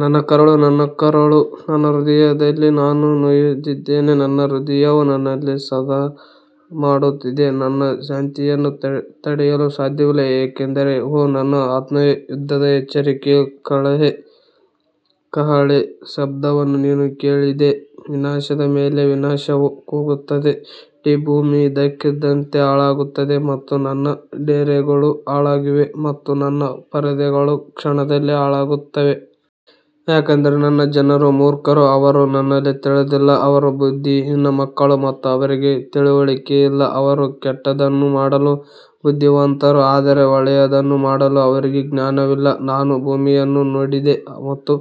ನನ್ನ ಕರುಳು, ನನ್ನ ಕರುಳು, ನನ್ನ ಹೃದಯದಲ್ಲಿ ನಾನು ನೋಯುತ್ತಿದ್ದೇನೆ. ನನ್ನ ಹೃದಯವು ನನ್ನಲ್ಲಿ ಸದ್ದುಮಾಡುತ್ತಿದೆ. ನನ್ನ ಶಾಂತಿಯನ್ನು ತಡೆಯಲು ಸಾಧ್ಯವಿಲ್ಲ. ಏಕೆಂದರೆ, ಓ ನನ್ನ ಆತ್ಮವೇ, ಯುದ್ಧದ ಎಚ್ಚರಿಕೆಯ ಕಹಳೆ ಶಬ್ದವನ್ನು ನೀನು ಕೇಳಿದೆ. ವಿನಾಶದ ಮೇಲೆ ವಿನಾಶವು ಕೂಗುತ್ತದೆ, ಇಡೀ ಭೂಮಿ ಇದ್ದಕ್ಕಿದ್ದಂತೆ ಹಾಳಾಗುತ್ತದೆ ಮತ್ತು ನನ್ನ ಡೇರೆಗಳು ಹಾಳಾಗಿವೆ ಮತ್ತು ನನ್ನ ಪರದೆಗಳು ಕ್ಷಣದಲ್ಲಿ ಹಾಳಾಗುತ್ತವೆ. ಯಾಕಂದರೆ ನನ್ನ ಜನರು ಮೂರ್ಖರು, ಅವರು ನನ್ನನ್ನು ತಿಳಿದಿಲ್ಲ. ಅವರು ಬುದ್ಧಿಹೀನ ಮಕ್ಕಳು ಮತ್ತು ಅವರಿಗೆ ತಿಳುವಳಿಕೆಯಿಲ್ಲ. ಅವರು ಕೆಟ್ಟದ್ದನ್ನು ಮಾಡಲು ಬುದ್ಧಿವಂತರು, ಆದರೆ ಒಳ್ಳೆಯದನ್ನು ಮಾಡಲು ಅವರಿಗೆ ಜ್ಞಾನವಿಲ್ಲ. ನಾನು ಭೂಮಿಯನ್ನು ನೋಡಿದೆ, ಮತ್ತು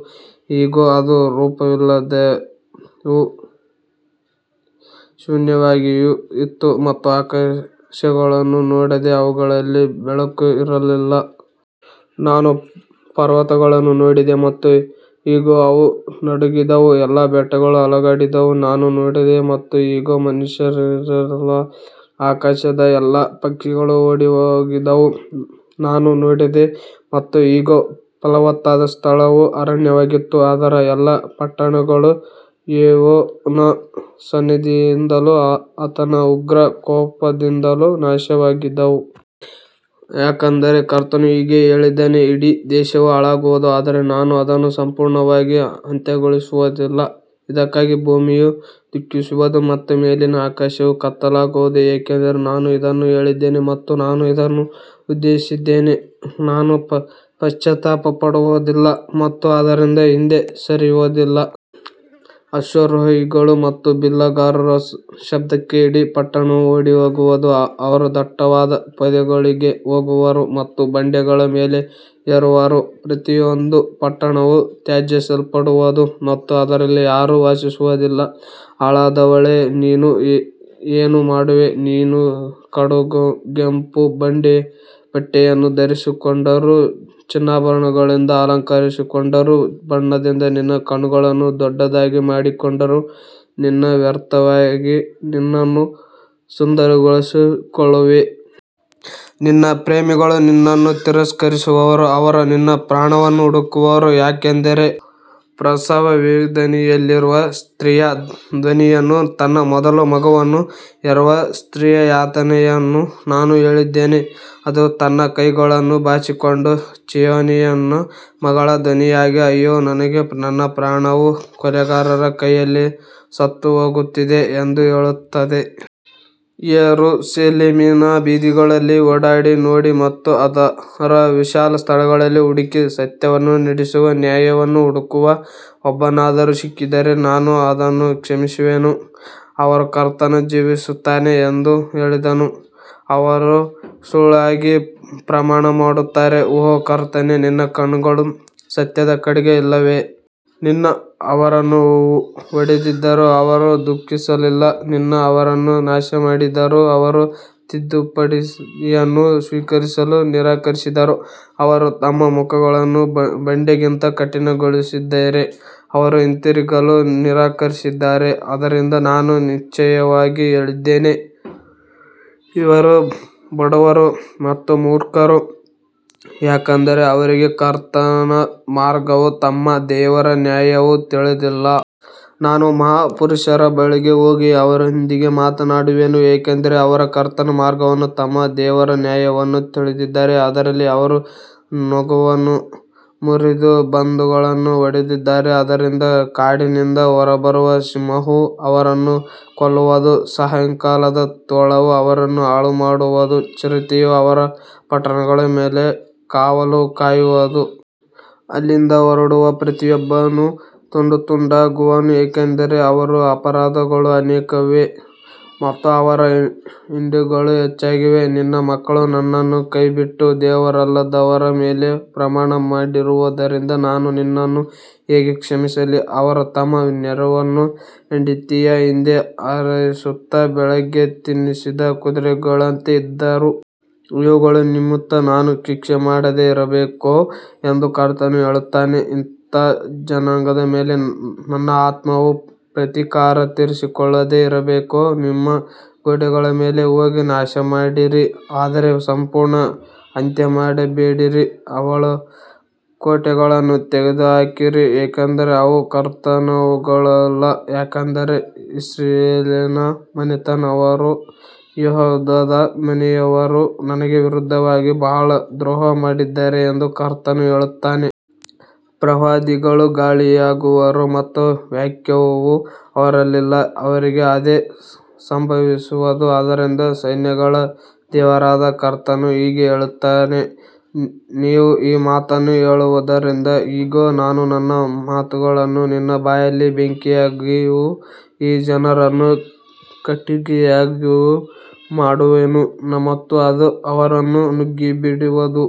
ಇಗೋ, ಅದು ರೂಪವಿಲ್ಲದೆಯೂ ಶೂನ್ಯವಾಗಿಯೂ ಇತ್ತು, ಮತ್ತು ಆಕಾಶಗಳನ್ನು ನೋಡಿದೆ, ಅವುಗಳಲ್ಲಿ ಬೆಳಕು ಇರಲಿಲ್ಲ. ನಾನು ಪರ್ವತಗಳನ್ನು ನೋಡಿದೆ, ಮತ್ತು ಇಗೋ, ಅವು ನಡುಗಿದವು, ಎಲ್ಲಾ ಬೆಟ್ಟಗಳು ಅಲುಗಾಡಿದವು. ನಾನು ನೋಡಿದೆ, ಮತ್ತು ಇಗೋ, ಮನುಷ್ಯನಿರಲಿಲ್ಲ, ಆಕಾಶದ ಎಲ್ಲಾ ಪಕ್ಷಿಗಳು ಓಡಿಹೋಗಿದ್ದವು. ನಾನು ನೋಡಿದೆ, ಮತ್ತು ಇಗೋ, ಫಲವತ್ತಾದ ಸ್ಥಳವು ಅರಣ್ಯವಾಗಿತ್ತು, ಅದರ ಎಲ್ಲಾ ಪಟ್ಟಣಗಳು ಯೆಹೋವನ ಸನ್ನಿಧಿಯಿಂದಲೂ ಆತನ ಉಗ್ರ ಕೋಪದಿಂದಲೂ ನಾಶವಾಗಿದ್ದವು. ಯಾಕಂದರೆ ಕರ್ತನು ಹೀಗೆ ಹೇಳಿದ್ದಾನೆ, ಇಡೀ ದೇಶವು ಹಾಳಾಗುವುದು, ಆದರೆ ನಾನು ಅದನ್ನು ಸಂಪೂರ್ಣವಾಗಿ ಅಂತ್ಯಗೊಳಿಸುವುದಿಲ್ಲ. ಇದಕ್ಕಾಗಿ ಭೂಮಿಯು ದುಃಖಿಸುವುದು ಮತ್ತು ಮೇಲಿನ ಆಕಾಶವು ಕತ್ತಲಾಗುವುದು, ಏಕೆಂದರೆ ನಾನು ಇದನ್ನು ಹೇಳಿದ್ದೇನೆ ಮತ್ತು ನಾನು ಇದನ್ನು ಉದ್ದೇಶಿಸಿದ್ದೇನೆ, ನಾನು ಪಶ್ಚಾತ್ತಾಪಪಡುವುದಿಲ್ಲ ಮತ್ತು ಅದರಿಂದ ಹಿಂದೆ ಸರಿಯುವುದಿಲ್ಲ. ಅಶ್ವಾರೋಹಿಗಳ ಮತ್ತು ಬಿಲ್ಲುಗಾರರ ಶಬ್ದಕ್ಕೆ ಇಡೀ ಪಟ್ಟಣವು ಓಡಿಹೋಗುವುದು. ಅವರು ದಟ್ಟವಾದ ಪೊದೆಗಳಿಗೆ ಹೋಗುವರು ಮತ್ತು ಬಂಡೆಗಳ ಮೇಲೆ ಏರುವರು. ಪ್ರತಿಯೊಂದು ಪಟ್ಟಣವೂ ತ್ಯಜಿಸಲ್ಪಡುವುದು ಮತ್ತು ಅದರಲ್ಲಿ ಯಾರೂ ವಾಸಿಸುವುದಿಲ್ಲ. ಹಾಳಾದವಳೇ, ನೀನು ಏನು ಮಾಡುವೆ? ನೀನು ಕಡುಗೆಂಪು ಬಟ್ಟೆಯನ್ನು ಧರಿಸಿಕೊಂಡರೂ, ಚಿನ್ನಾಭರಣಗಳಿಂದ ಅಲಂಕರಿಸಿಕೊಂಡರೂ, ಬಣ್ಣದಿಂದ ನಿನ್ನ ಕಣ್ಣುಗಳನ್ನು ದೊಡ್ಡದಾಗಿ ಮಾಡಿಕೊಂಡರೂ, ನೀನು ವ್ಯರ್ಥವಾಗಿ ನಿನ್ನನ್ನು ಸುಂದರಗೊಳಿಸಿಕೊಳ್ಳುವೆ. ನಿನ್ನ ಪ್ರೇಮಿಗಳು ನಿನ್ನನ್ನು ತಿರಸ್ಕರಿಸುವರು, ಅವರು ನಿನ್ನ ಪ್ರಾಣವನ್ನು ಹುಡುಕುವರು. ಯಾಕಂದರೆ ಪ್ರಸವವೇದನೆಯಲ್ಲಿರುವ ಸ್ತ್ರೀಯ ಧ್ವನಿಯನ್ನೂ, ತನ್ನ ಮೊದಲ ಮಗುವನ್ನು ಹೆರುವ ಸ್ತ್ರೀಯ ಯಾತನೆಯನ್ನೂ ನಾನು ಕೇಳಿದ್ದೇನೆ. ಅದು ತನ್ನ ಕೈಗಳನ್ನು ಚಾಚಿಕೊಂಡು, ಚೀಯೋನಿನ ಮಗಳ ಧ್ವನಿಯಾಗಿ, ಅಯ್ಯೋ ನನಗೆ, ನನ್ನ ಪ್ರಾಣವು ಕೊಲೆಗಾರರ ಕೈಯಲ್ಲಿ ಸೋತುಹೋಗುತ್ತಿದೆ ಎಂದು ಹೇಳುತ್ತದೆ. ಯೆರೂಸಲೇಮಿನ ಬೀದಿಗಳಲ್ಲಿ ಓಡಾಡಿ ನೋಡಿ ಮತ್ತು ಅದರ ವಿಶಾಲ ಸ್ಥಳಗಳಲ್ಲಿ ಹುಡುಕಿ, ಸತ್ಯವನ್ನು ನಡೆಸುವ, ನ್ಯಾಯವನ್ನು ಹುಡುಕುವ ಒಬ್ಬನಾದರೂ ಸಿಕ್ಕಿದರೆ ನಾನು ಅದನ್ನು ಕ್ಷಮಿಸುವೆನು. ಅವರು ಕರ್ತನು ಜೀವಿಸುತ್ತಾನೆ ಎಂದು ಹೇಳಿದರೂ, ಅವರು ಸುಳ್ಳಾಗಿ ಪ್ರಮಾಣಮಾಡುತ್ತಾರೆ. ಓ ಕರ್ತನೇ, ನಿನ್ನ ಕಣ್ಣುಗಳು ಸತ್ಯದ ಕಡೆಗೆ ಇಲ್ಲವೇ? ನೀನು ಅವರನ್ನು ಹೊಡೆದಿದ್ದರೂ ಅವರು ದುಃಖಿಸಲಿಲ್ಲ. ನೀನು ಅವರನ್ನು ನಾಶಮಾಡಿದರೂ ಅವರು ತಿದ್ದುಪಡಿಯನ್ನು ಸ್ವೀಕರಿಸಲು ನಿರಾಕರಿಸಿದರು. ಅವರು ತಮ್ಮ ಮುಖಗಳನ್ನು ಬಂಡೆಗಿಂತ ಕಠಿಣಗೊಳಿಸಿದ್ದಾರೆ. ಅವರು ಹಿಂತಿರುಗಲು ನಿರಾಕರಿಸಿದ್ದಾರೆ. ಆದ್ದರಿಂದ ನಾನು ನಿಶ್ಚಯವಾಗಿ ಹೇಳಿದೆನು, ಇವರು ಬಡವರು ಮತ್ತು ಮೂರ್ಖರು, ಯಾಕಂದರೆ ಅವರಿಗೆ ಕರ್ತನ ಮಾರ್ಗವೂ ತಮ್ಮ ದೇವರ ನ್ಯಾಯವೂ ತಿಳಿದಿಲ್ಲ. ನಾನು ಮಹಾಪುರುಷರ ಬಳಿಗೆ ಹೋಗಿ ಅವರೊಂದಿಗೆ ಮಾತನಾಡುವೆನು, ಏಕೆಂದರೆ ಅವರು ಕರ್ತನ ಮಾರ್ಗವನ್ನೂ ತಮ್ಮ ದೇವರ ನ್ಯಾಯವನ್ನೂ ತಿಳಿದಿದ್ದಾರೆ. ಆದರೆ ಅವರೂ ನೊಗವನ್ನು ಮುರಿದು ಬಂಧಗಳನ್ನು ಒಡೆದಿದ್ದಾರೆ. ಆದ್ದರಿಂದ ಕಾಡಿನಿಂದ ಹೊರಬರುವ ಸಿಂಹವು ಅವರನ್ನು ಕೊಲ್ಲುವುದು, ಸಾಯಂಕಾಲದ ತೋಳವು ಅವರನ್ನು ಹಾಳುಮಾಡುವುದು, ಚಿರತೆಯು ಅವರ ಪಟ್ಟಣಗಳ ಮೇಲೆ ಕಾವಲು ಕಾಯುವುದು. ಅಲ್ಲಿಂದ ಹೊರಡುವ ಪ್ರತಿಯೊಬ್ಬನೂ ತುಂಡುತುಂಡಾಗುವನು, ಏಕೆಂದರೆ ಅವರ ಅಪರಾಧಗಳು ಅನೇಕವಾಗಿವೆ ಮತ್ತು ಅವರ ಹಿನ್ನಡೆಗಳು ಹೆಚ್ಚಾಗಿವೆ. ನಿನ್ನ ಮಕ್ಕಳು ನನ್ನನ್ನು ಕೈಬಿಟ್ಟು ದೇವರಲ್ಲದವರ ಮೇಲೆ ಪ್ರಮಾಣಮಾಡಿರುವುದರಿಂದ ನಾನು ನಿನ್ನನ್ನು ಹೇಗೆ ಕ್ಷಮಿಸಲಿ? ಅವರು ತಮ್ಮ ನೆರೆಯವನ ಹೆಂಡತಿಯ ಹಿಂದೆ ಹಾರೈಸುತ್ತಾ, ಬೆಳಿಗ್ಗೆ ತಿನ್ನಿಸಿದ ಕುದುರೆಗಳಂತೆ ಇದ್ದರು. ಇವುಗಳ ನಿಮಿತ್ತ ನಾನು ಶಿಕ್ಷೆ ಮಾಡದೆ ಇರಬೇಕೋ? ಎಂದು ಕರ್ತನು ಹೇಳುತ್ತಾನೆ. ಇಂಥ ಜನಾಂಗದ ಮೇಲೆ ನನ್ನ ಆತ್ಮವು ಪ್ರತೀಕಾರ ತೀರಿಸಿಕೊಳ್ಳದೆ ಇರಬೇಕೋ? ನಿಮ್ಮ ಗೋಡೆಗಳ ಮೇಲೆ ಹೋಗಿ ನಾಶಮಾಡಿರಿ, ಆದರೆ ಸಂಪೂರ್ಣ ಅಂತ್ಯಮಾಡಬೇಡಿರಿ. ಅವಳ ಕೋಟೆಗಳನ್ನು ತೆಗೆದುಹಾಕಿರಿ, ಏಕೆಂದರೆ ಅವು ಕರ್ತನವುಗಳಲ್ಲ. ಯಾಕಂದರೆ ಇಸ್ರಾಯೇಲಿನ ಮನೆತನದವರೂ ಯೆಹೂದದ ಮನೆಯವರೂ ನನಗೆ ವಿರುದ್ಧವಾಗಿ ಬಹಳ ದ್ರೋಹಮಾಡಿದ್ದಾರೆ ಎಂದು ಕರ್ತನು ಹೇಳುತ್ತಾನೆ. ಪ್ರವಾದಿಗಳು ಗಾಳಿಯಾಗುವರು ಮತ್ತು ವಾಕ್ಯವು ಅವರಲ್ಲಿಲ್ಲ, ಅವರಿಗೆ ಅದೇ ಸಂಭವಿಸುವುದು. ಆದ್ದರಿಂದ ಸೈನ್ಯಗಳ ದೇವರಾದ ಕರ್ತನು ಹೀಗೆ ಹೇಳುತ್ತಾನೆ, ನೀವು ಈ ಮಾತನ್ನು ಹೇಳುವುದರಿಂದ, ಇಗೋ, ನಾನು ನನ್ನ ಮಾತುಗಳನ್ನು ನಿನ್ನ ಬಾಯಲ್ಲಿ ಬೆಂಕಿಯಾಗಿಯೂ ಈ ಜನರನ್ನು ಕಟ್ಟಿಗೆಯಾಗಿಯೂ ಮಾಡುವೆನು ಮತ್ತು ಅದು ಅವರನ್ನು ನುಂಗಿಬಿಡುವುದು.